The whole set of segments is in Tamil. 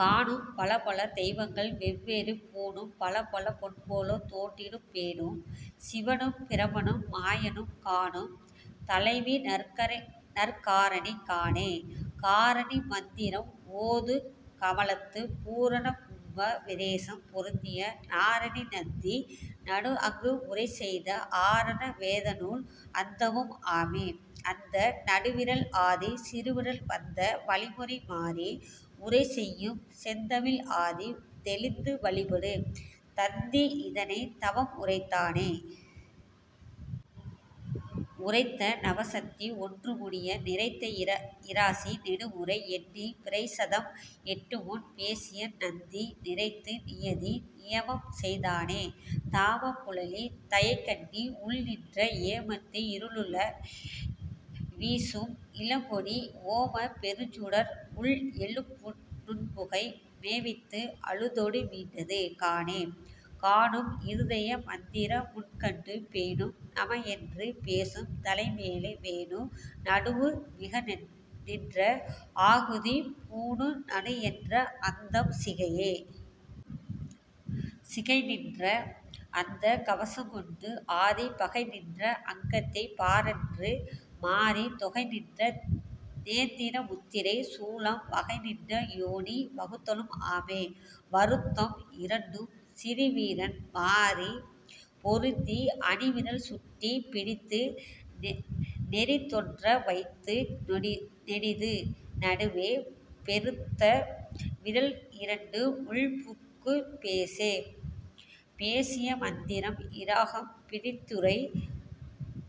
காணும் பலபல தெய்வங்கள் வெவ்வேறு பூணும் பலபல பொன்போலத் தோற்றிடும் பேணும் சிவனும் பிரமனும் மாயனும் காணும் தலைவிநற் காரணி காணே. காரணி மந்திரம் ஓதுங் கமலத்துப் பூரண கும்ப விரேசம் பொருந்திய நாரணி நந்தி நடுஅங்கு உரைசெய்த ஆரண வேதநூல் அந்தமும் ஆமே. அந்த நடுவிரல் ஆதி சிறுவிரல் வந்த வழிமுறை மாறி உரை செய்யும் செந்தமிழ் ஆதி தெளிந்து வழிபடு நந்தி இதனை நவம் உரைத்தானே. உரைத்த நவசத்தி ஒன்று முடிய நிரைத்த இராசி நெடுமுறை எண்ணிப் பிரைச்சதம் எட்டுமுன் பேசிய நந்தி நிரைத்து நியதி நியமம்செய் தானே. தாமக் குழலி தயைக்கண்ணி உள்நின்ற ஏமத்து இருளற வீசும் இளங்கொடி ஓமப் பெருஞ்சுடர் உள்எழு நுண்புகை மேவித்து அழுதொடு மீண்டது காணே. காணும் இருதய மந்திர முங்கண்டு பேணும் நமஎன்று பேசும் தலைமேலே வேணு நடுவு மிகநின்ற ஆகுதி பூணு நடுஎன்ற அந்தம் சிகையே. சிகைநின்ற அந்தக் கவசங்கொண்டு ஆதிப் பகைநின்ற அங்கத்தைப் பாரென்று மாறித் தொகைநின்ற நேத்திர முத்திரை சூலம் வகைநின்ற யோனி வகுத்தலும் ஆமே. வருத்தம் இரண்டும் சிறுவிரன் மாறிப் பொருந்தி அணிவிரல் சுட்டிப் பிடித்து நெரித்தொன்ற வைத்து நெடிது நடுவே பெருத்த விரல்இரண்டு உள்புக்குப் பேசே. பேசிய மந்திரம் இராகம் பிரித்துரை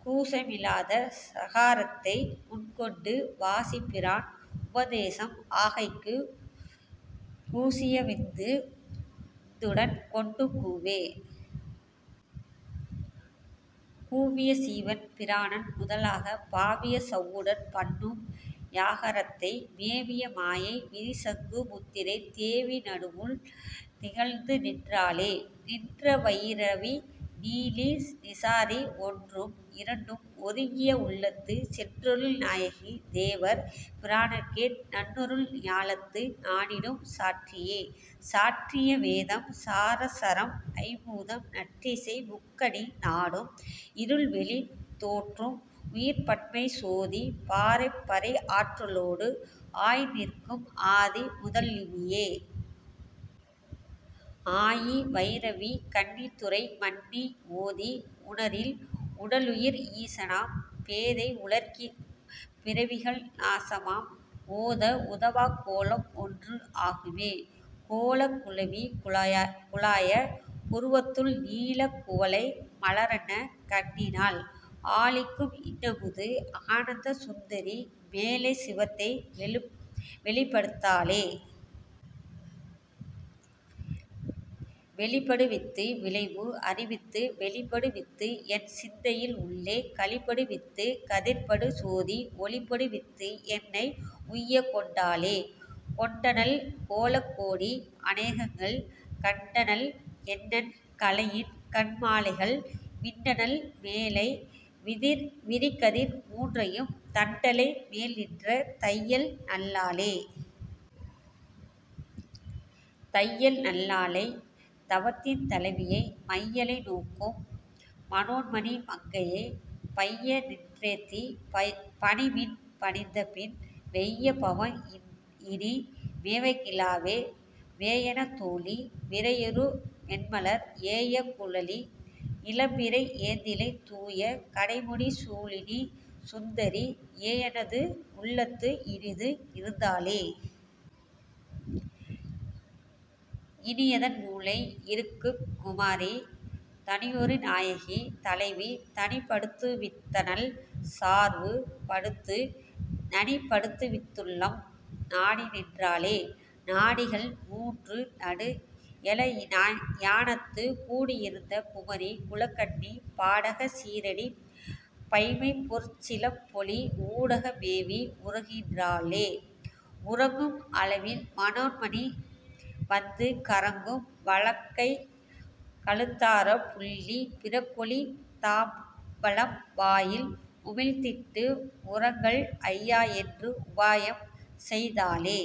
கூசமி லாத சகாரத்தை முன்கொண்டு வாசிப் பிராணன் உபதேசம் ஆகைக்குக் கூசியவிந்து வுடன் கொண்டு கூவே. கூவிய சீவன் பிராணன் முதலாகப் பாவிய சவ்வுடன் பண்ணும் யகாரத்தை மேவிய மாயை விரிசங்கு முத்திரை தேவி நடுவுள் திகழ்ந்துநின் றாளே. நின்ற வயிரவி நீலி நிசாசரி ஒன்றும் இரண்டும் ஒருங்கிய உள்ளத்துச் சென்றருள் நாயகி தேவர் பிரானுக்கே நன்றருள் ஞாலத்து நாடிடும் சாற்றியே.. சாற்றிய வேதம் சராசரம் ஐம்பூதம் நாற்றிசை முக்கண்ணி நாடும் இருள்வெளி தோற்றும் உயிர்ப்பன்மை சோதி பராபரை ஆற்றலொடு ஆய்நிற்கும் ஆதி முதல்வியே. ஆதி வயிரவி கன்னித் துறைமன்னி ஓதி உணரில் உடலுயிர் ஈசனாம் பேதை உலகிற் பிறவிகள் நாசமாம் ஓத உலவாக் கோலம் ஒன்று ஆகுமே. கோலக் குழவி குலாய புருவத்துள் நீலக் குவளை மலரன்ன கண்ணினாள் ஆலிக்கும் இன்னமுது ஆனந்த சுந்தரி மேலைச் சிவத்தை வெளிப்படுத் தாளே. வெளிப்படு வித்து விளைவுஅறி வித்துத் தெளிப்படு வித்துஎன் சிந்தையின் உள்ளே களிப்படு வித்துக் கதிர்ப்படு சோதி ஒளிப்படு வித்துஎன்னை உய்ய்க்கொண்டாளே. கொண்டனள் கோலங் கோடி அநேகங்கள் கண்டனள் எண்ணென் கலையின் கண் மாலைகள் விண்டனள் மேலை விரிகதிர் மூன்றையும் தண்டலை மேல்நின்ற தையல் நல் லாளே. தையல் நல் லாளைத் தவத்தின் தலைவியை மையலை நோக்கும் மனோன்மணி மங்கையைப் பையநின் றேத்திப் பணிமின் பணிந்தபின் வெய்ய பவம்இனி மேவகி லாவே. வேயன தோளி விரையுறு மென்மலர் ஏய குழலி இளம்பிறை ஏந்திழை தூய கடைமுடிச் சூலினி சுந்தரி ஏயெனது உள்ளத்து இனிதுஇருந் தாளே. இனியதென் மூலை இருக்குங் குமரி தனியொரு நாயகி தானே தலைவி தனிப்படு வித்தனள் சார்வு படுத்து நனிப்படு வித்துள்ளம் நாடிநின் றாளே. நாடிகள் மூன்று நடுஎழ ஞானத்துக் கூடி யிருந்த குமரி குலக்கன்னி பாடகச் சீறடிப் பைம்பொற் சிலம்பொலி ஊடக மேவி உறங்குகின் றாளே. உறங்கும் அளவில் மனோன்மணி வந்து கறங்கும் வளைக்கைக் கழுத்தாரப் புல்லிப் பிறங்கொளித் தம்பலம் வாயில் உமிழ்ந்திட்டு உறங்கல்ஐ யாஎன்று உபாயம்செய் தாளே.